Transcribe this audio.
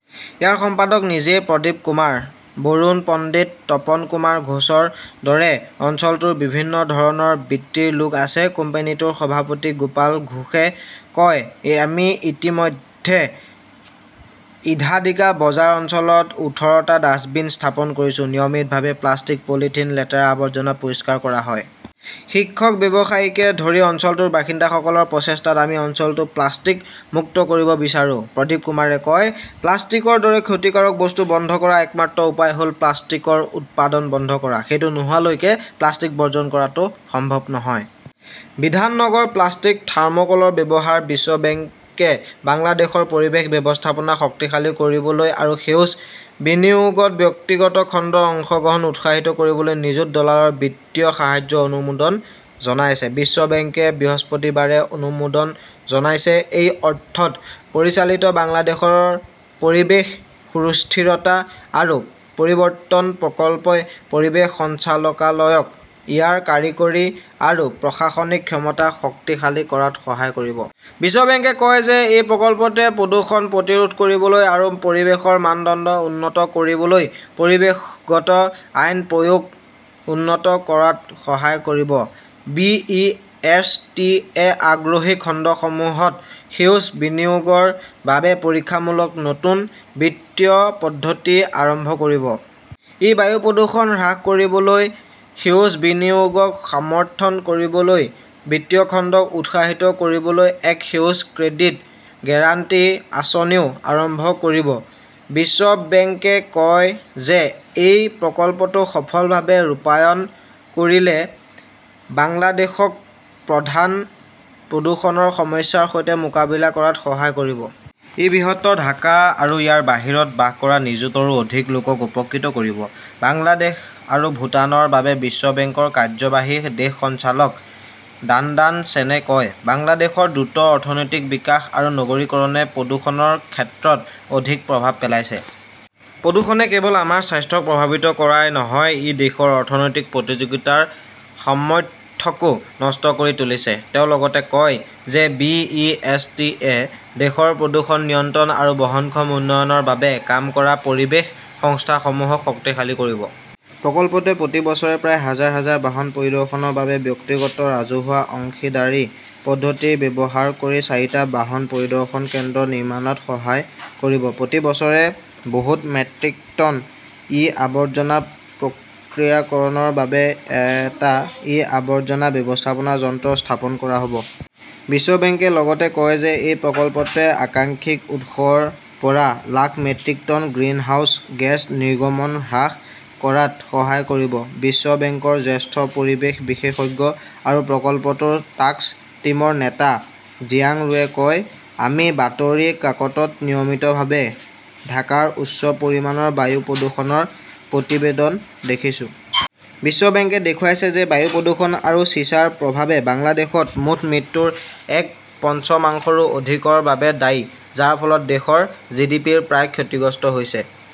ইয়াৰ সম্পাদক নিজেই প্ৰদীপকুমাৰ। বৰুণ পণ্ডিত, তপনকুমাৰ ঘোষৰ দৰে অঞ্চলটোৰ বিভিন্ন ধৰণৰ বৃত্তিৰ লোক আছে। কোম্পানীটোৰ সভাপতি গোপাল ঘোষে কয়, আমি ইতিমধ্যে ইধাদিকা বজাৰ অঞ্চলত ওঠৰ টা ডাস্টবিন স্থাপন কৰিছো। নিয়মিতভাৱে প্লাষ্টিক, পলিথিন, লেতেৰা আৱৰ্জনা পৰিষ্কাৰ কৰা হয়। শিক্ষক, ব্যৱসায়ীকে ধৰি অঞ্চলটোৰ বাসিন্দাসকলৰ প্ৰচেষ্টাত আমি অঞ্চলটো প্লাষ্টিক মুক্ত কৰিব বিচাৰো। প্ৰদীপকুমাৰে কয়", প্লাষ্টিকৰ দৰে ক্ষতিকাৰক বস্তু বন্ধ কৰাৰ একমাত্ৰ উপায় হ 'ল প্লাষ্টিকৰ উৎপাদন বন্ধ কৰা। "সেইটো নোহোৱালৈকে প্লাষ্টিক বৰ্জন কৰাটো সম্ভৱ নহয়। বিধাননগৰত প্লাষ্টিক, থাৰ্মকলৰ ব্যৱহাৰ বিশ্ব বেংকে বাংলাদেশৰ পৰিৱেশ ব্যৱস্থাপনা শক্তিশালী কৰিবলৈ আৰু সেউজ বিনিয়োগত ব্যক্তিগত খণ্ডৰ অংশগ্ৰহণক উৎসাহিত কৰিবলৈ নিযুত ডলাৰৰ বিত্তীয় সাহায্যৰ অনুমোদন জনাইছে। বিশ্ব বেংকে বৃহস্পতিবাৰে অনুমোদন জনাইছে। এই অৰ্থত পৰিচালিত বাংলাদেশ পৰিৱেশ সুস্থিৰতা আৰু পৰিৱৰ্তন প্ৰকল্পই পৰিৱেশ সঞ্চালকালয়ক ইয়াৰ কাৰিকৰী আৰু প্ৰশাসনিক ক্ষমতা শক্তিশালী কৰাত সহায় কৰিব। বিশ্ব বেংকে কয় যে এই প্ৰকল্পটোৱে প্ৰদূষণ প্ৰতিৰোধ কৰিবলৈ আৰু পৰিৱেশৰ মানদণ্ড উন্নত কৰিবলৈ পৰিৱেশগত আইন-প্ৰয়োগ উন্নত কৰাত সহায় কৰিব। বি. ই. এছ. টি. -য়ে আগ্ৰহী খণ্ডসমূহত সেউজ বিনিয়োগৰ বাবে পৰীক্ষামূলক নতুন বিত্তীয় পদ্ধতি আৰম্ভ কৰিব। ই বায়ু প্ৰদূষণ হ্ৰাস কৰিবলৈ সেউজ বিনিয়োগক সমৰ্থন কৰিবলৈ বিত্তীয় খণ্ডক উৎসাহিত কৰিবলৈ এক সেউজ ক্ৰেডিট গেৰাণ্টি আঁচনিও আৰম্ভ কৰিব। বিশ্ব বেংকে কয় যে এই প্ৰকল্পটো সফলভাৱে ৰূপায়ণ কৰিলে বাংলাদেশক প্ৰধান প্ৰদূষণৰ সমস্যাৰ সৈতে মোকাবিলা কৰাত সহায় কৰিব। ই বৃহত্তৰ ঢাকা আৰু ইয়াৰ বাহিৰত বাস কৰা নিযুতৰো অধিক লোকক উপকৃত কৰিব। বাংলাদেশ আৰু ভূটানৰ বাবে বিশ্ব বেংকৰ কাৰ্যবাহী দেশ সঞ্চালক ডাণ্ডান চেনে কয়, বাংলাদেশৰ দ্ৰুত অৰ্থনৈতিক বিকাশ আৰু নগৰীকৰণে প্ৰদূষণৰ ক্ষেত্ৰত অধিক প্ৰভাৱ পেলাইছে। প্ৰদূষণে কেৱল আমাৰ স্বাস্থ্যক প্ৰভাৱিত কৰাই নহয়, ই দেশৰ অৰ্থনৈতিক প্ৰতিযোগিতাৰ সামৰ্থ্যকো নষ্ট কৰি তুলিছে। তেওঁ লগতে কয় যে বি. ই. এছ. টি. -য়ে দেশৰ প্ৰদূষণ নিয়ন্ত্ৰণ আৰু বহনক্ষম উন্নয়নৰ বাবে কাম কৰা পৰিৱেশ সংস্থাসমূহক শক্তিশালী কৰিব। প্ৰকল্পটোৱে প্ৰতি বছৰে প্ৰায় হাজাৰ- হাজাৰ বাহন পৰিদৰ্শনৰ বাবে ব্যক্তিগত-ৰাজহুৱা অংশীদাৰী পদ্ধতি ব্যৱহাৰ কৰি চাৰিটা বাহন পৰিদৰ্শন কেন্দ্ৰ নিৰ্মাণত সহায় কৰিব। প্ৰতি বছৰে বহুত মেট্ৰিক টন ই-আৱৰ্জনা প্ৰক্ৰিয়াকৰণৰ বাবে এটা ই-আৱৰ্জনা ব্যৱস্থাপনা যন্ত্ৰ স্থাপন কৰা হ 'ব। বিশ্ব বেংকে লগতে কয় যে এই প্ৰকল্পটোৱে আকাংক্ষিত উৎসৰ পৰা lakh metric tonne greenhouse gas নিৰ্গমন হ্ৰাস কৰাত সহায় কৰিব। বিশ্ব বেংকৰ জ্যেষ্ঠ পৰিৱেশ বিশেষজ্ঞ আৰু প্ৰকল্পটোৰ টাস্ক টিমৰ নেতা জিয়াং ৰুৱে কয়, আমি বাতৰি কাকতত নিয়মিতভাৱে ঢাকাৰ উচ্চ পৰিমাণৰ বায়ু প্ৰদূষণৰ প্ৰতিবেদন দেখিছোঁ। বিশ্ব বেংকে দেখুৱাইছে যে বায়ু প্ৰদূষণ আৰু সীসাৰ প্ৰভাৱে বাংলাদেশত মুঠ মৃত্যুৰ এক পঞ্চমাংশৰো অধিকৰ বাবে দায়ী, যাৰ ফলত দেশৰ জিডিপিৰ প্ৰায় ক্ষতিগ্ৰস্ত হৈছে।